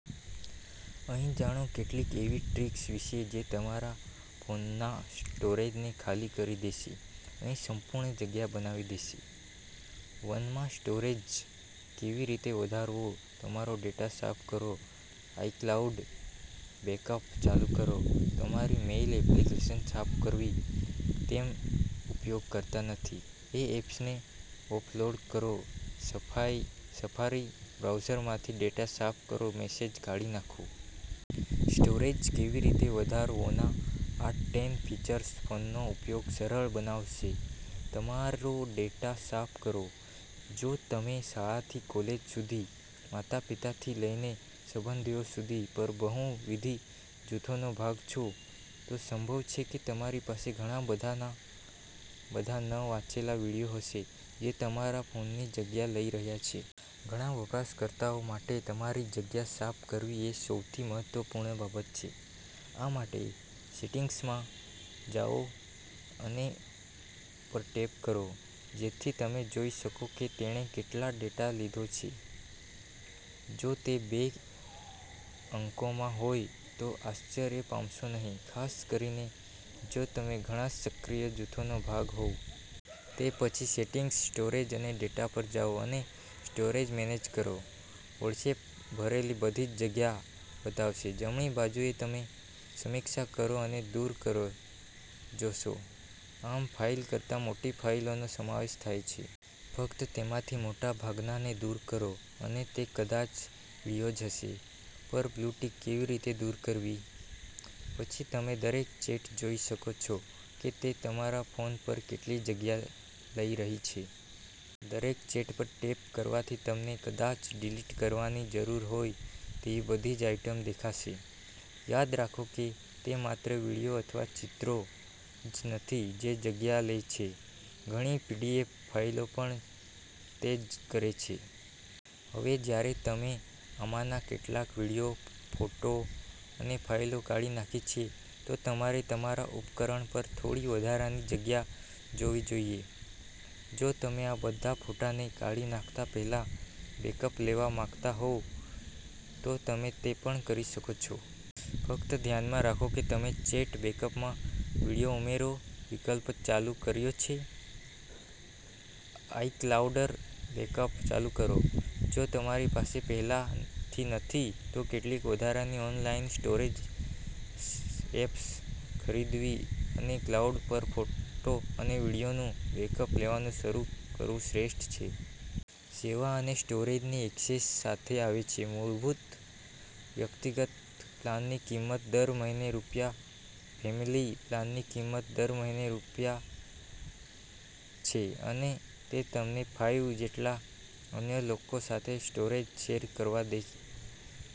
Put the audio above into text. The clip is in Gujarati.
અહીં જાણો કેટલીક એવી ટ્રિક્સ વિશે જે તમારા ફોનના સ્ટોરેજને ખાલી કરી દેશે અને સંપૂર્ણ જગ્યા બનાવી દેશે. વન માં સ્ટોરેજ કેવી રીતે વધારવો તમારો ડેટા સાફ કરો આઇક્લાઉડ બેકઅપ ચાલુ કરો તમારી મેઇલ એપ્લિકેશન સાફ કરવી તમે ઉપયોગ કરતા નથી તે એપ્સને ઓફલોડ કરો સફારી બ્રાઉઝરમાંથી ડેટા સાફ કરો મેસેજ કાઢી નાખો. સ્ટોરેજ કેવી રીતે વધારવોના આ ટેન ફીચર્સ ફોનનો ઉપયોગ સરળ બનાવશે તમારો ડેટા સાફ કરો. જો તમે શાળાથી કોલેજ સુધી, માતા-પિતાથી લઈને સંબંધીઓ સુધી પર બહુવિધ જૂથોનો ભાગ છો, તો સંભવ છે કે તમારી પાસે ઘણા બધા ન વાંચેલા વીડિયો હશે જે તમારા ફોનની જગ્યા લઈ રહ્યા છે. ઘણા વપરાશકર્તાઓ માટે તમારી જગ્યા સાફ કરવી એ સૌથી મહત્વપૂર્ણ બાબત છે. આ માટે, સેટિંગ્સમાં જાઓ અને પર ટેપ કરો, જેથી તમે જોઈ શકો કે તેણે કેટલો ડેટા લીધો છે. જો તે બે અંકોમાં હોય તો આશ્ચર્ય પામશો નહીં, ખાસ કરીને જો તમે ઘણા સક્રિય જૂથોનો ભાગ હોવ. તે પછી સેટિંગ્સ, સ્ટોરેજ અને ડેટા પર જાઓ અને સ્ટોરેજ મેનેજ કરો. વોટ્સએપ ભરેલી બધી જગ્યા બતાવશે. જમણી બાજુએ તમે 'સમીક્ષા કરો અને દૂર કરો' જોશો. આમાં ફાઈવ કરતાં મોટી ફાઇલોનો સમાવેશ થાય છે. ફક્ત તેમાંથી મોટાભાગનાને દૂર કરો અને તે કદાચ વિડિઓઝ હશે. પર બ્લુ ટિક કેવી રીતે દૂર કરવી? પછી તમે દરેક ચેટ જોઈ શકો છો કે તે તમારા ફોન પર કેટલી જગ્યા લઈ રહી છે. દરેક ચેટ પર ટેપ કરવાથી તમને કદાચ ડિલીટ કરવાની જરૂર હોય તેવી બધી આઇટમ દેખાશે. યાદ રાખો કે તે માત્ર વિડિયો અથવા ચિત્રો જ નથી જે જગ્યા લે છે, ઘણી પીડીએફ ફાઇલો પણ તે જ કરે છે. હવે જ્યારે તમે આમાંના કેટલાક વિડિયો, ફોટા અને ફાઇલો કાઢી નાખી છે, તો તમારે તમારા ઉપકરણ પર થોડી વધારાની જગ્યા જોવી જોઈએ. જો તમે આ બધા ફોટાને કાઢી નાખતા પહેલા બેકઅપ લેવા માંગતા હો, તો તમે તે પણ કરી શકો છો. ફક્ત ધ્યાનમાં રાખો કે તમે ચેટ બેકઅપમાં 'વિડીયો ઉમેરો' વિકલ્પ ચાલુ કર્યો છે. આઇક્લાઉડ બેકઅપ ચાલુ કરો. જો તમારી પાસે પહેલાથી નથી, તો કેટલીક વધારાની ઓનલાઈન સ્ટોરેજ સ્પેસ ખરીદવી અને ક્લાઉડ પર ફોટા અને વીડિયોનું બેકઅપ લેવાનું શરૂ કરવું શ્રેષ્ઠ છે. સેવા અને સ્ટોરેજની ઍક્સેસ સાથે આવે છે. મૂળભૂત વ્યક્તિગત પ્લાનની કિંમત દર મહિને રૂ. ફેમિલી પ્લાનની કિંમત દર મહિને રૂ. છે અને તે તમને ફાઈવ જેટલા અન્ય લોકો સાથે સ્ટોરેજ શેર કરવા દે